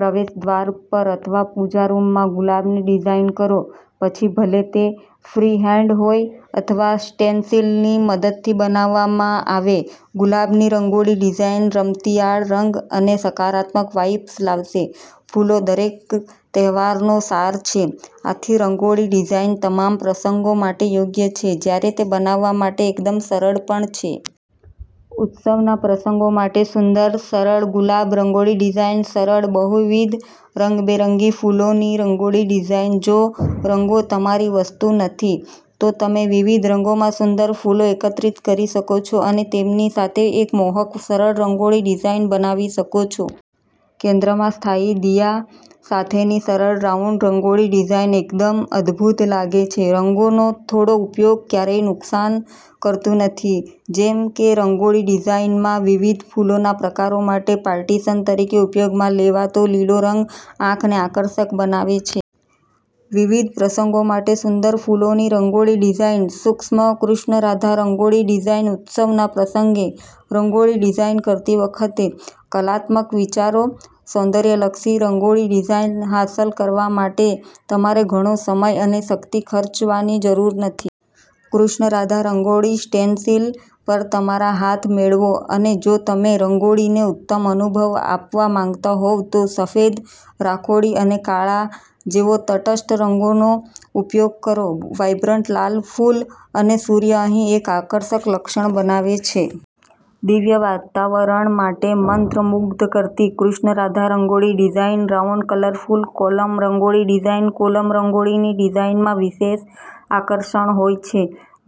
પ્રવેશદ્વાર પર અથવા પૂજા રૂમમાં ગુલાબની ડિઝાઇન કરો. પછી ભલે તે ફ્રીહેન્ડ હોય અથવા સ્ટેન્સિલની મદદથી બનાવવામાં આવે, ગુલાબની રંગોળી ડિઝાઇન રમતિયાળતા, રંગ અને સકારાત્મક વાઇબ્સ લાવશે. ફૂલોદરેક તહેવારનો સાર છે. આથી, રંગોળી ડિઝાઇન તમામ પ્રસંગો માટે યોગ્ય છે જ્યારે તે બનાવવા માટે એકદમ સરળ પણ છે. ઉત્સવના પ્રસંગો માટે સુંદર, સરળ ગુલાબ રંગોળી ડિઝાઇન સરળ બહુવિધ, રંગબેરંગી ફૂલોની રંગોળી ડિઝાઇન જો રંગો તમારી વસ્તુ નથી, તો તમે વિવિધ રંગોમાં સુંદર ફૂલો એકત્રિત કરી શકો છો અને તેમની સાથે એક મોહક, સરળ રંગોળી ડિઝાઇન બનાવી શકો છો. કેન્દ્રમાં સ્થાયી દિયા સાથેનીસરળ રાઉન્ડ રંગોળી ડિઝાઇન એકદમ અદભૂત લાગે છે. રંગોનો થોડો ઉપયોગ ક્યારેય નુકસાન કરતું નથી, જેમ કેરંગોળી ડિઝાઇનમાં. વિવિધ ફૂલોના પ્રકારો માટે પાર્ટીશન તરીકે ઉપયોગમાં લેવાતો લીલો રંગ આંખને આકર્ષક બનાવે છે. વિવિધ પ્રસંગો માટે સુંદર ફૂલોની રંગોળી ડિઝાઇન સૂક્ષ્મ કૃષ્ણ રાધા રંગોળી ડિઝાઇન ઉત્સવના પ્રસંગે રંગોળી ડિઝાઇન કરતી વખતે કલાત્મક વિચારો. સૌંદર્યલક્ષી રંગોળી ડિઝાઇન હાંસલ કરવા માટે તમારે ઘણો સમય અને શક્તિ ખર્ચવાની જરૂર નથી. કૃષ્ણ રાધા રંગોળી સ્ટેન્સિલ પર તમારા હાથ મેળવો અને જો તમે તમારી રંગોળીને ઉત્તમ અનુભવ આપવા માંગતા હોવ તો સફેદ, રાખોડી અને કાળા જેવા તટસ્થ રંગોનો ઉપયોગ કરો. વાઇબ્રન્ટ લાલ ફૂલ અને સૂર્ય અહીં એક આકર્ષક લક્ષણ બનાવે છે. દિવ્ય વાતાવરણ માટે મંત્રમુગ્ધ કરતી Krishna Radha rangoli design round colourful kolam rangoli design kolam રંગોળીની ડિઝાઇનમાં વિશેષ આકર્ષણ હોય છે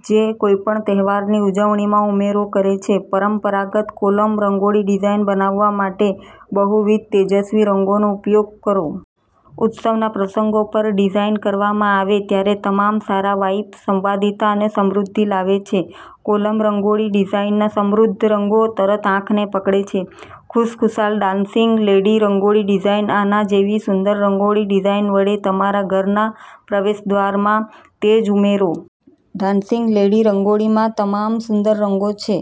જે કોઈપણ તહેવારની ઉજવણીમાં ઉમેરો કરે છે. પરંપરાગત કોલમ રંગોળી ડિઝાઇન બનાવવા માટે બહુવિધ તેજસ્વી રંગોનો ઉપયોગ કરો. ઉત્સવના પ્રસંગો પર ડિઝાઇન કરવામાં આવે ત્યારેતમામ સારા વાઇબ્સ, સંવાદિતા અને સમૃદ્ધિ લાવે છે. કોલમ રંગોળી ડિઝાઇનના સમૃદ્ધ રંગો તરતઆંખને પકડે છે ખુશખુશાલ ડાન્સિંગ લેડી રંગોળી ડિઝાઇન આના જેવી સુંદર રંગોળી ડિઝાઇન વડે તમારા ઘરના પ્રવેશદ્વારમાં તેજ ઉમેરો. ડાન્સિંગ લેડી રંગોળીમાં તમામ સુંદર રંગો છે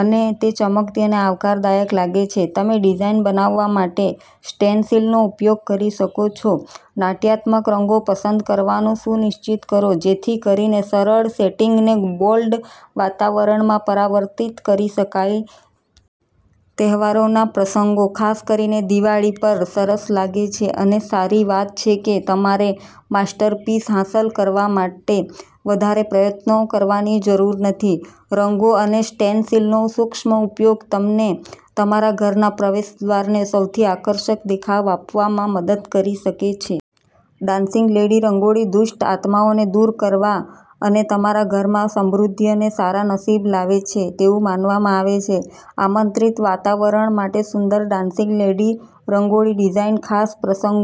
અને તે ચમકતી અને આવકારદાયક લાગે છે. તમેડિઝાઇન બનાવવા માટે સ્ટેન્સિલનો ઉપયોગ કરી શકો છોનાટ્યાત્મક રંગો પસંદ કરવાનું સુનિશ્ચિત કરો જેથી કરીને સરળ સેટિંગને બોલ્ડ વાતાવરણમાં પરિવર્તિત કરી શકાય. તહેવારોના પ્રસંગો, ખાસ કરીને દિવાળી પર સરસ લાગે છે. અને સારી વાતછે કે તમારેમાસ્ટરપીસ હાંસલ કરવા માટે વધારે પ્રયત્નો કરવાની જરૂર નથી. રંગો અને સ્ટેન્સિલનો સૂક્ષ્મ ઉપયોગ તમને તમારા ઘરના પ્રવેશદ્વારને સૌથી આકર્ષક દેખાવ આપવામાં મદદ કરી શકે છે. ડાન્સિંગ લેડી રંગોળી દુષ્ટ આત્માઓને દૂર કરવા અને તમારા ઘરમાં સમૃદ્ધિ અને સારા નસીબ લાવે છે તેવું માનવામાં આવે છે. આમંત્રિત વાતાવરણ માટે સુંદર ડાન્સિંગ લેડી રંગોળી ડિઝાઇન ખાસ પ્રસંગો